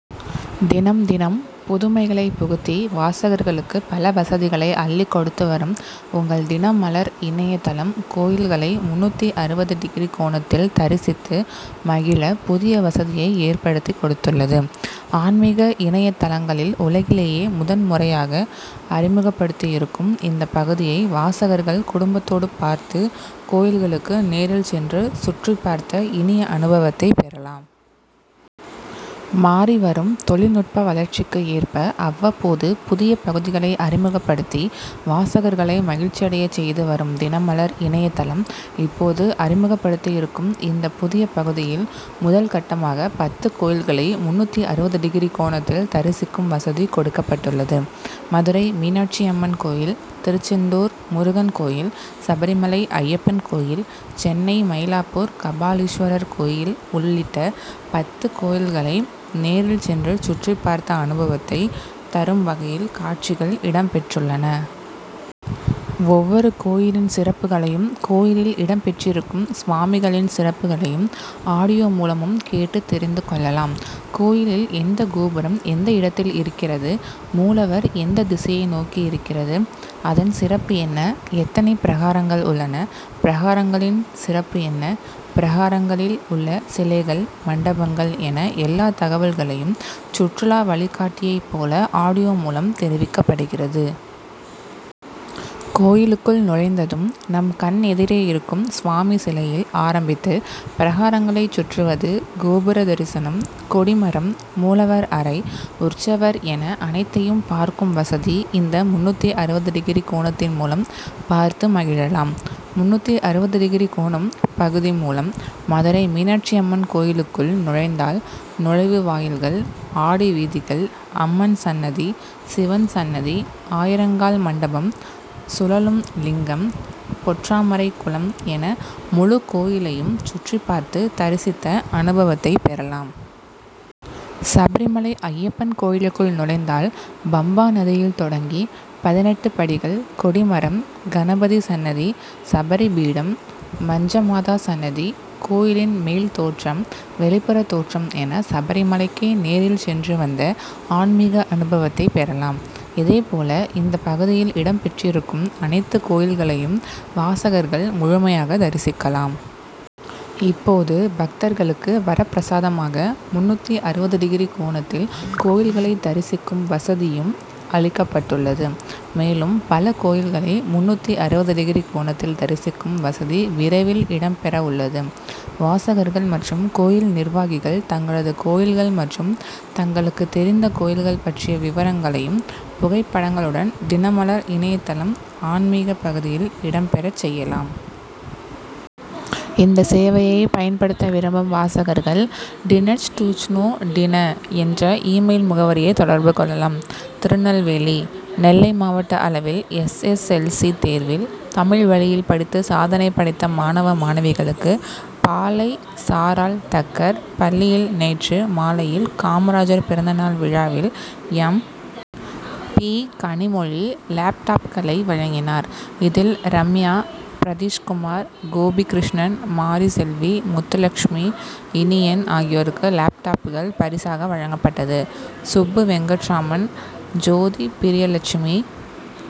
தினம் தினம் புதுமைகளை புகுத்தி வாசகர்களுக்கு பல வசதிகளை அள்ளிக் கொடுத்து வரும் உங்கள் தினமலர் இணைய தளம் கோயில்களை முன்னூற்று அறுபது டிகிரி கோணத்தில் தரிசித்து மகிழ புதிய வசதியை ஏற்படுத்திக் கொடுத்துள்ளது. ஆன்மிக இணைய தளங்களில் உலகிலேயே முதன் முறையாக அறிமுகப்படுத்தியிருக்கும் இந்த பகுதியை வாசகர்கள் குடும்பத்தோடு பார்த்து, கோயில்களுக்கு நேரில் சென்று சுற்றிப்பார்த்த இனிய அனுபவத்தை பெறலாம். மாறிவரும் தொழில்நுட்ப வளர்ச்சிக்கு ஏற்ப அவ்வப்போது புதிய பகுதிகளை அறிமுகப்படுத்தி வாசகர்களை மகிழ்ச்சியடையச் செய்து வரும் தினமலர் இணைய தளம் இப்போது அறிமுகப்படுத்தியிருக்கும் இந்த புதிய பகுதியில் முதல் கட்டமாக பத்து கோயில்களை முன்னூற்று அறுபது டிகிரி கோணத்தில் தரிசிக்கும் வசதி கொடுக்கப்பட்டுள்ளது. மதுரை மீனாட்சி அம்மன் கோயில், திருச்செந்தூர் முருகன் கோயில், சபரிமலை ஐயப்பன் கோயில், சென்னை மயிலாப்பூர் கபாலீஸ்வரர் கோயில் உள்ளிட்ட பத்து கோயில்களை நேரில் சென்று சுற்றிப்பார்த்த அனுபவத்தை தரும் வகையில் காட்சிகள் இடம்பெற்றுள்ளன. ஒவ்வொரு கோயிலின் சிறப்புகளையும், கோயிலில் இடம்பெற்றிருக்கும் சுவாமிகளின் சிறப்புகளையும் ஆடியோ மூலமும் கேட்டுத் தெரிந்து கொள்ளலாம். கோயிலில் எந்த கோபுரம் எந்த இடத்தில் இருக்கிறது, மூலவர் எந்த திசையை நோக்கி இருக்கிறது, அதன் சிறப்பு என்ன, எத்தனை பிரகாரங்கள் உள்ளன, பிரகாரங்களின் சிறப்பு என்ன, பிரகாரங்களில் உள்ள சிலைகள், மண்டபங்கள் என எல்லா தகவல்களையும் சுற்றுலா வழிகாட்டியைப் போல ஆடியோ மூலம் தெரிவிக்கப்படுகிறது. கோயிலுக்குள் நுழைந்ததும் நம் கண் எதிரே இருக்கும் சுவாமி சிலையில் ஆரம்பித்து பிரகாரங்களை சுற்றுவது, கோபுர தரிசனம், கொடிமரம், மூலவர் அறை, உற்சவர் என அனைத்தையும் பார்க்கும் வசதி இந்த முன்னூற்று அறுபது டிகிரி கோணத்தின் மூலம் பார்த்து மகிழலாம். முன்னூற்று அறுபது டிகிரி கோணம் பகுதி மூலம் மதுரை மீனாட்சி அம்மன் கோயிலுக்குள் நுழைந்தால், நுழைவு வாயில்கள், ஆடி வீதிகள், அம்மன் சன்னதி, சிவன் சன்னதி, ஆயிரங்கால் மண்டபம், சுழலும் லிங்கம், பொற்றாமரை குளம் என முழு கோயிலையும் சுற்றிப்பார்த்து தரிசித்த அனுபவத்தைப் பெறலாம். சபரிமலை ஐயப்பன் கோயிலுக்குள் நுழைந்தால், பம்பா நதியில் தொடங்கி, பதினொட்டு படிகள், கொடிமரம், கணபதி சன்னதி, சபரி பீடம், மஞ்சமாதா சன்னதி, கோயிலின் மேல் தோற்றம், வெளிப்புற தோற்றம் என சபரிமலைக்கே நேரில் சென்று வந்த ஆன்மிக அனுபவத்தை பெறலாம். இதேபோல இந்த பகுதியில் இடம்பெற்றிருக்கும் அனைத்து கோயில்களையும் வாசகர்கள் முழுமையாக தரிசிக்கலாம். இப்போது பக்தர்களுக்கு வரப்பிரசாதமாக முன்னூற்று அறுபது டிகிரி கோணத்தில் கோயில்களை தரிசிக்கும் வசதியும் அளிக்கப்பட்டுள்ளது. மேலும் பல கோயில்களை முன்னூற்று அறுபது டிகிரி கோணத்தில் தரிசிக்கும் வசதி விரைவில் இடம்பெறவுள்ளது. வாசகர்கள் மற்றும் கோயில் நிர்வாகிகள் தங்களது கோயில்கள் மற்றும் தங்களுக்கு தெரிந்த கோயில்கள் பற்றிய விவரங்களையும் புகைப்படங்களுடன் தினமலர்இணைய தளம் ஆன்மிக பகுதியில் இடம்பெறச் செய்யலாம். இந்த சேவையை பயன்படுத்த விரும்பும் வாசகர்கள் ீடிணச்ட்ச்டூச்ணூ. டிண என்ற இ-மெயில் முகவரியை தொடர்பு கொள்ளலாம். திருநெல்வேலி: நெல்லை மாவட்ட அளவில் எஸ். எஸ். எல். சி தேர்வில் தமிழ் வழியில் படித்து சாதனை படைத்த மாணவ, மாணவிகளுக்கு பாளை சாராள் தக்கர் பள்ளியில் நேற்று மாலையில் காமராஜர் பிறந்த நாள் விழாவில் எம். பி கனிமொழி லேப்டாப்களை வழங்கினார். இதில் ரம்யா, பிரதீஷ்குமார், கோபி கிருஷ்ணன், மாரி செல்வி, முத்துலட்சுமி, இனியன் ஆகியோருக்கு லேப்டாப்கள் பரிசாக வழங்கப்பட்டது. சுப்பு வெங்கட்ராமன், ஜோதி பிரியலட்சுமி।